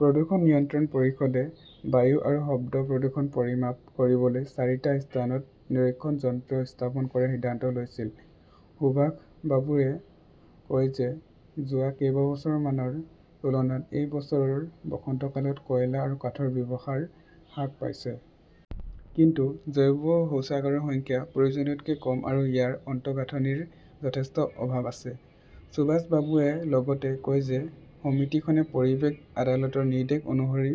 প্ৰদূষণ নিয়ন্ত্ৰণ পৰিষদে বায়ু আৰু শব্দ প্ৰদূষণ পৰিমাপ কৰিবলৈ চাৰিটা স্থানত নিৰীক্ষণ যন্ত্ৰ স্থাপন কৰাৰ সিদ্ধান্ত লৈছিল। সুভাষ বাবুৰে কয় যে যোৱা কেইবছৰমানৰ তুলনাত এই বছৰৰ বসন্তকালত কয়লা আৰু কাঠৰ ব্যৱহাৰ হ্ৰাস পাইছে। কিন্তু, জৈৱ শৌচাগাৰৰ সংখ্যা প্ৰয়োজনতকৈ কম আৰু ইয়াৰ আন্তঃগাঁথনিৰ যথেষ্ট অভাৱ আছে। সুভাষ বাবুৱে লগতে কয় যে সমিতিখনে পৰিৱেশ আদালতৰ নিৰ্দেশ অনুসৰি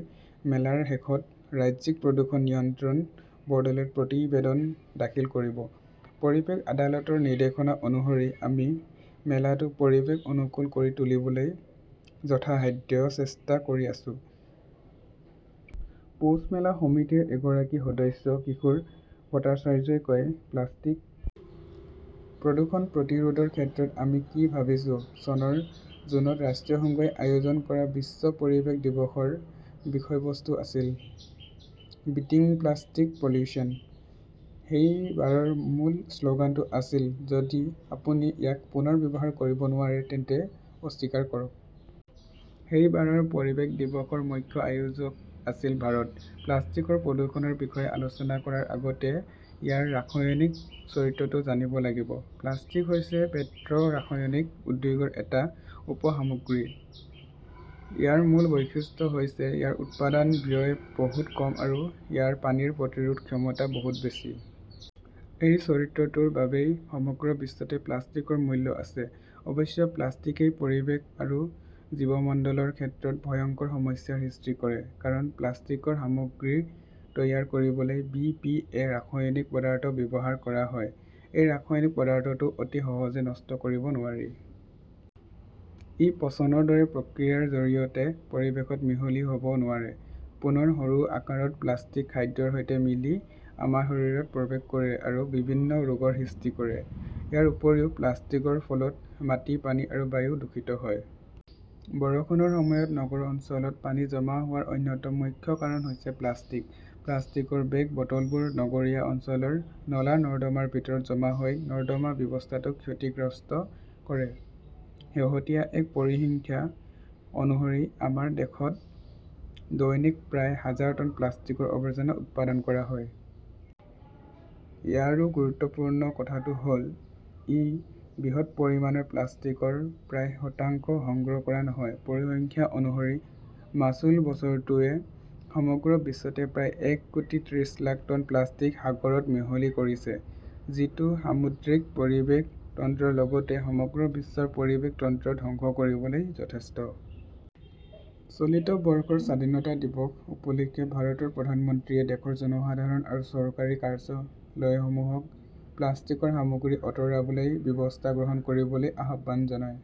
মেলাৰ শেষত ৰাজ্যিক প্ৰদূষণ নিয়ন্ত্ৰণ বৰ্ডলৈ প্ৰতিবেদন দাখিল কৰিব। পৰিৱেশ আদালতৰ নিৰ্দেশনা অনুসৰি আমি মেলাটো পৰিৱেশ অনুকূল কৰি তুলিবলৈ যথাসাধ্য চেষ্টা কৰি আছো, পৌছমেলা সমিতিৰ এগৰাকী সদস্য কিশোৰ ভট্টাচাৰ্যই কয়। প্লাষ্টিক প্ৰদূষণ প্ৰতিৰোধৰ ক্ষেত্ৰত আমি কি ভাবিছোঁ চনৰ জুনত ৰাষ্ট্ৰসংঘই আয়োজন কৰা বিশ্ব পৰিৱেশ দিৱসৰ বিষয়বস্তু আছিল 'বিটিঙ প্লাষ্টিক পলিউশ্যন। সেই বাৰৰ মূল শ্লোগানটো আছিল, যদি আপুনি ইয়াক পুনৰ ব্যৱহাৰ কৰিব নোৱাৰে তেন্তে অস্বীকাৰ কৰক। 'সেই বাৰৰ পৰিৱেশ দিৱসৰ মুখ্য আয়োজক আছিল ভাৰত। প্লাষ্টিকৰ প্ৰদূষণৰ বিষয়ে আলোচনা কৰাৰ আগতে ইয়াৰ ৰাসায়নিক চৰিত্ৰটো জানিব লাগিব। প্লাষ্টিক হৈছে পেট্ৰ ৰাসায়নিক উদ্যোগৰ এটা উপ-সামগ্ৰী। ইয়াৰ মূল বৈশিষ্ট্য হৈছে ইয়াৰ উৎপাদন ব্যয় বহুত কম আৰু ইয়াৰ পানীৰ প্ৰতিৰোধ ক্ষমতা বহুত বেছি। এই চৰিত্ৰটোৰ বাবেই সমগ্ৰ বিশ্বতে প্লাষ্টিকৰ মূল্য আছে। অৱশ্যে, প্লাষ্টিকই পৰিৱেশ আৰু জীৱমণ্ডলৰ ক্ষেত্ৰত ভয়ংকৰ সমস্যাৰ সৃষ্টি কৰে। কাৰণ, প্লাষ্টিকৰ সামগ্ৰী তৈয়াৰ কৰিবলৈ বি. পি. এ. ৰাসায়নিক পদাৰ্থ ব্যৱহাৰ কৰা হয়। এই ৰাসায়নিক পদাৰ্থটো অতি সহজে নষ্ট কৰিব নোৱাৰি। ই পচনৰ দৰে প্ৰক্ৰিয়াৰ জৰিয়তে পৰিৱেশত মিহলি হব নোৱাৰে। পুনৰ সৰু আকাৰত প্লাষ্টিক খাদ্যৰ সৈতে মিলি আমাৰ শৰীৰত প্ৰৱেশ কৰে আৰু বিভিন্ন ৰোগৰ সৃষ্টি কৰে। ইয়াৰ উপৰিও প্লাষ্টিকৰ ফলত মাটি, পানী আৰু বায়ু দূষিত হয়। বৰষুণৰ সময়ত নগৰ অঞ্চলত পানী জমা হোৱাৰ অন্যতম মুখ্য কাৰণ হৈছে প্লাষ্টিক। প্লাষ্টিকৰ বেগ, বটলবোৰ নগৰীয়া অঞ্চলৰ নলা-নৰ্দমাৰ ভিতৰত জমা হৈ নৰ্দমা ব্যৱস্থাটোক ক্ষতিগ্ৰস্ত কৰে। শেহতীয়া এক পৰিসংখ্যা অনুসৰি, আমাৰ দেশত দৈনিক প্ৰায় হাজাৰ টন প্লাষ্টিকৰ আৱৰ্জনা উৎপাদন কৰা হয়। ইয়াৰো গুৰুত্বপূৰ্ণ কথাটো হল, এই বৃহৎ পৰিমাণৰ প্লাষ্টিকৰ প্ৰায় শতাংশ সংগ্ৰহ কৰা নহয়। পৰিসংখ্যা অনুসৰি, মাচুল-বছৰটোৱে সমগ্ৰ বিশ্বতে প্ৰায় এক কোটি ত্ৰিশ লাখ টন প্লাষ্টিক সাগৰত মিহলি কৰিছে। যিটো সামুদ্ৰিক পৰিৱেশ তন্ত্ৰৰ লগতে সমগ্ৰ বিশ্বৰ পৰিৱেশ তন্ত্ৰ ধ্বংস কৰিবলৈ যথেষ্ট। চলিত বৰ্ষৰ স্বাধীনতা দিৱস উপলক্ষে ভাৰতৰ প্ৰধানমন্ত্ৰীয়ে দেশৰ জনসাধাৰণ আৰু চৰকাৰী কাৰ্যালয়সমূহক প্লাষ্টিকৰ সামগ্ৰী আঁতৰাবলৈ ব্যৱস্থা গ্ৰহণ কৰিবলৈ আহ্বান জনায়।